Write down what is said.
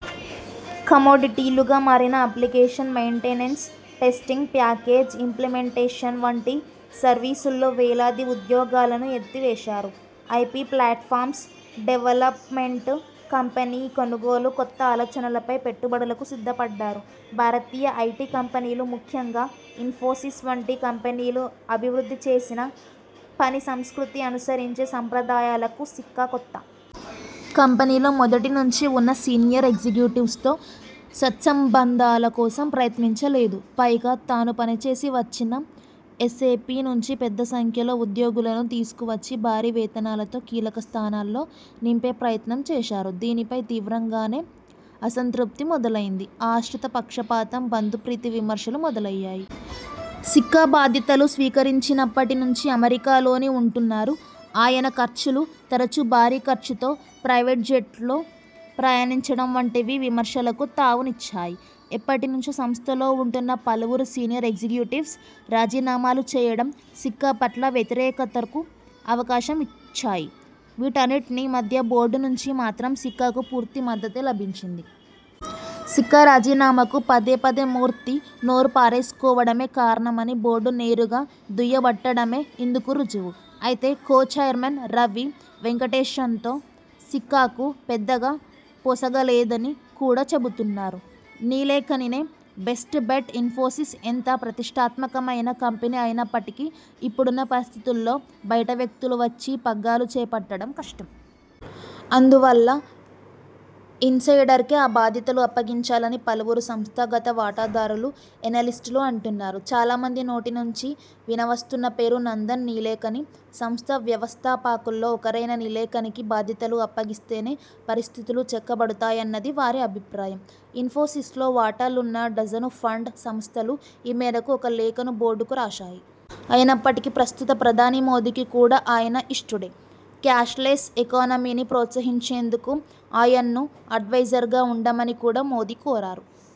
కమోడిటీలుగా మారిన application maintenance, testing, package implementation వంటి సర్వీసుల్లో వేలాది ఉద్యోగాలను ఎత్తివేశారు. ఐపి ప్లాట్ఫామ్స్ డెవల్పమెంట్, కంపెనీల కొనుగోలు, కొత్త ఆలోచనలపై పెట్టుబడులకు సిద్ధపడ్డారు. భారతీయ ఐటి కంపెనీలు ముఖ్యంగా ఇన్ఫోసిస్ వంటి కంపెనీలు అభివృద్ధి చేసిన పని సంస్కృతి, అనుసరించే సంప్రదాయాలకు సిక్కా కొత్త. కంపెనీలో మొదటి నుంచీ ఉన్న సీనియర్ ఎగ్జిక్యూటివ్స్తో సత్సంబంధాల కోసం ప్రయత్నించలేదు. పైగా తాను పనిచేసి వచ్చిన ఎస్ఎపి నుంచి పెద్ద సంఖ్యలో ఉద్యోగులను తీసుకువచ్చి భారీ వేతనాలతో కీలక స్థానాల్లో నింపే ప్రయత్నం చేశారు. దీనిపై తీవ్రంగానే అసంతృప్తి మొదలైంది. ఆశ్రిత పక్షపాతం, బంధుప్రీతి విమర్శలు మొదలయ్యాయి. సిక్కా బాధ్యతలు స్వీకరించినప్పటి నుంచి అమెరికాలోనే ఉంటున్నారు. ఆయ న ఖర్చులు, తరుచూభారీ ఖర్చుతో ప్రైవేట్జెట్లో ప్రయాణించడం వంటివి విమర్శలకు తావునిచ్చాయి. ఎప్పటి నుంచో సంస్థలో ఉంటున్న పలువురు సీనియర్ ఎగ్జిక్యూటివ్స్ రాజీనామాలు చేయడం సిక్కా పట్ల వ్యతిరేకతకు అవకాశం ఇచ్చాయి. వీటన్నింటి మధ్య బోర్డు నుంచి మాత్రం సిక్కాకు పూర్తి మద్దతే లభించింది. సిక్కా రాజీనామాకు పదేపదే మూర్తి నోరుపారేసుకోవడమే కారణమని బోర్డు నేరుగా దుయ్యబట్టడమే ఇందుకు రుజువు. అయితే కో చైర్మన్ రవి వెంకటేషన్తో సిక్కాకు పెద్దగా పొసగలేదని కూడా చెబుతున్నారు. నీలేకనినే బెస్ట్ బెట్ ఇన్ఫోసిస్ ఎంత ప్రతిష్టాత్మకమైన కంపెనీ అయినప్పటికీ ఇప్పుడున్న పరిస్థితుల్లో బయటవ్యక్తులు వచ్చి పగ్గాలు చేపట్టడం కష్టం. అందువల్ల ఇన్సైడర్కే ఆ బాధ్యతలు అప్పగించాలని పలువురు, సంస్థాగత వాటాదారులు, ఎనలిస్టులు అంటున్నారు. చాలా మంది నోటి నుంచి వినవస్తున్న పేరు నందన్ నీలేకని. సంస్థ వ్యవస్థాపకుల్లో ఒకరైన నీలేకనికి బాధ్యతలు అప్పగిస్తేనే పరిస్థితులు చక్కబడుతాయన్నది వారి అభిప్రాయం. ఇన్ఫోసిస్ లో వాటాలున్న డజను ఫండ్ సంస్థలు ఈ మేరకు ఒక లేఖను బోర్డుకు రాశాయి. అయినప్పటికీ ప్రస్తుత ప్రధాని మోదీకి కూడా ఆయన ఇష్టుడే. క్యాష్లెస్ ఎకానమీని ప్రోత్సహించేందుకు ఆయన్ను అడ్వైజర్గా ఉండమని కూడా మోదీ కోరారు.